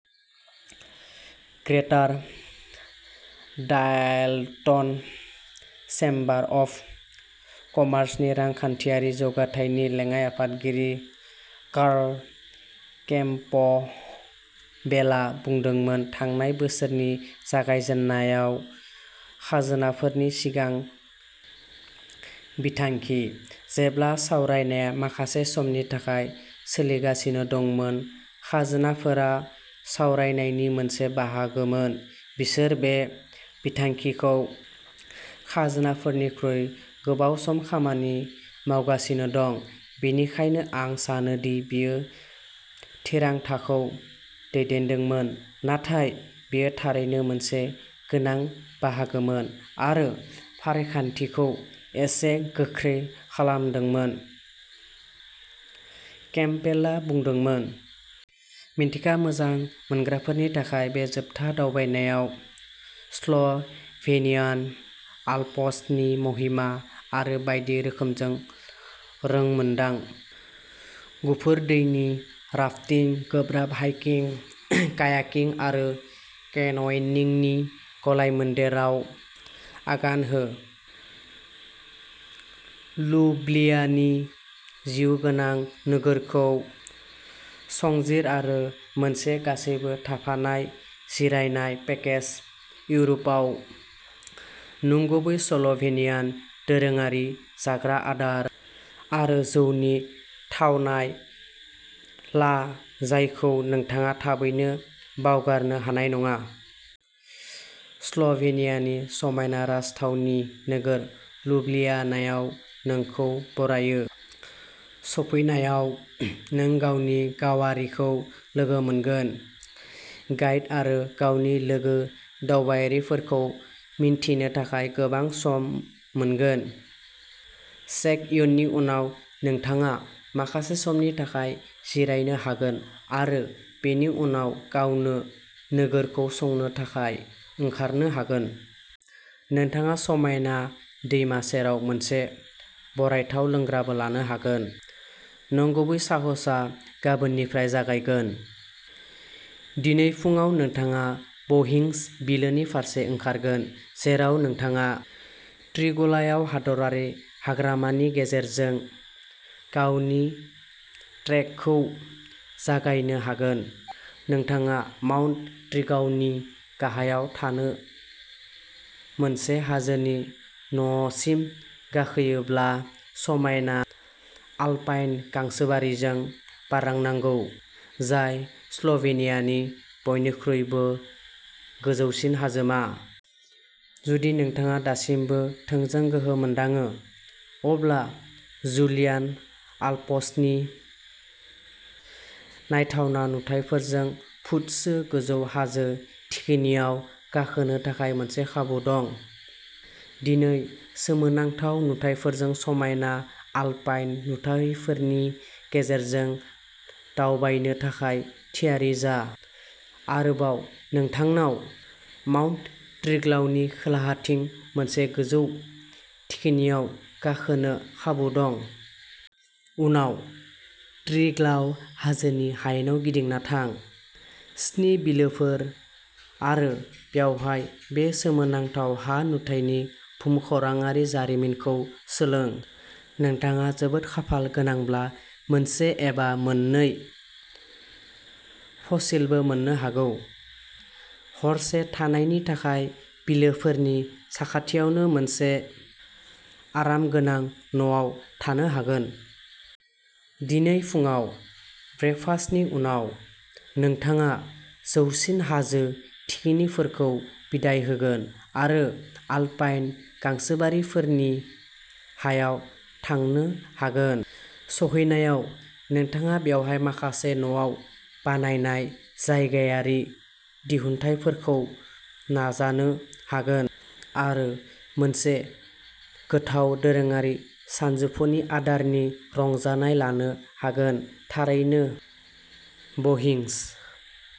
ग्रेटार Dalton Chamber of कमार्सनि रांखान्थियारि जौगाथायनि लेङाइ आफादगिरि कार्ल केम्पबेलआ बुंदोंमोन, थांनाय बोसोरनि जागायजेननायाव, खाजोनाफोरनि सिगां बिथांखि। जेब्ला सावरायनाया माखासे समनि थाखाय सोलिगासिनो दंमोन, खाजोनाफोरा सावरायनायनि मोनसे बाहागोमोन। बिसोर बे बिथांखिखौ खाजोनाफोरनिख्रुइ गोबाव सम खामानि मावगासिनो दं बेनिखायनो आं सानो दि बेयो थिरांथाखौ दैदेनदोंमोन नाथाय बेयो थारैनो मोनसे गोनां बाहागोमोन आरो फारिखान्थिखौ एसे गोख्रै खालामदोंमोन केम्पबेलआ बुंदोंमोन। मिथिंगा मोजां मोनग्राफोरनि थाखाय बे जोबथा दावबायनायाव स्ल'भेनियान आल्प्सनि महिमा आरो बायदि रोखोमखौ रोंमोनदां। गुफुर दैनि राफ्टिं, गोब्राब हाइकिं, कायाकिं आरो केनयनिंनि गलायमोन्देरआव आगान हो। लुब्लियानानि जिउ गोनां नोगोरखौ संजिर आरो मोनसे गासैबो थाफानाय जिरायनाय पेकेज इउर'पआव नंगुबै स्ल'भेनियान दोरोङारि जाग्रा आदार आरो जौनि थावनाय ला जायखौ नोंथाङा थाबैनो बावगारनो हानाय नङा। स्ल'भेनियानि समायना राजथावनि नोगोर लुब्लियानायाव नोंखौ बरायो। सफैनायाव, नों गावनि गावारिखौ लोगो मोनगोन। गाइड आरो गावनि लोगो दावबायारिफोरखौ मिन्थिनो थाखाय गोबां सम मोनगोन। चेक-इननि उनाव, नोंथाङा माखासे समनि थाखाय जिरायनो हागोन आरो बेनि उनाव गावनो नोगोरखौ संनो थाखाय ओंखारनो हागोन। नोंथाङा समायना दैमा सेराव मोनसे बरायथाव लोंग्राबो लानो हागोन। नंगुबै साहसआ गाबोननिफ्राय जागायगोन। दिनै फुङाव, नोंथाङा ब'हिंज बिलोनि फारसे ओंखारगोन जेराव नोंथाङा ट्रिग्लाव हादरारि हाग्रामानि गेजेरजों गावनि ट्रेकखौ जागायनो हागोन। नोंथाङा माउन्ट ट्रिग्लावनि गाहायाव थानाय मोनसे हाजोनि न'सिम गाखोयोब्ला समायना आल्पाइन गांसोबारिजों बारलांनांगौ, जाय स्ल'भेनियानि बयनिख्रुइबो गोजौसिन हाजोमा। जुदि नोंथाङा दासिमबो थोजासे गोहो मोनदाङो, अब्ला जुलियान आल्प्सनि नायथावना नुथायफोरजों फुटसो गोजौ हाजो थिखिनियाव गाखोनो थाखाय मोनसे खाबु दं। दिनै, सोमोनांथाव नुथायफोरजों समायना आल्पाइन नुथायफोरनि गेजेरजों दावबायनो थाखाय थियारि जा। आरोबाव नोंथांनाव माउन्ट ट्रिग्लावनि खोलाथिं मोनसे गोजौ थिखिनियाव गाखोनो खाबु दं। उनाव, ट्रिग्लाव हाजोनि हायेनाव गिदिंना थां। स्नि बिलोफोर आरो बेवहाय बे सोमोनांथाव हा-नुथायनि भुमखौराङारि जारिमिनखौ सोलों। नोंथाङा जोबोद खाफाल गोनांब्ला मोनसे एबा मोननै फसिलबो मोननो हागौ। हरसे थानायनि थाखाय बिलोफोरनि साखाथियावनो मोनसे आरामगोनां न'आव थानो हागोन। दिनै फुङाव ब्रेकफास्टनि उनाव, नोंथाङा जौसिन हाजो थिखिनिफोरखौ बिदाय होगोन आरो आल्पाइन गांसोबारिफोरनि हायाव थांनो हागोन। सौहैनायाव, नोंथाङा बेवहाय माखासे न'आव बानायनाय जायगायारि दिहुनथायफोरखौ नाजानो हागोन आरो मोनसे गोथाव दोरोङारि सानजौफुनि आदारनि रंजानाय लानो हागोन थारैनो ब'हिंज।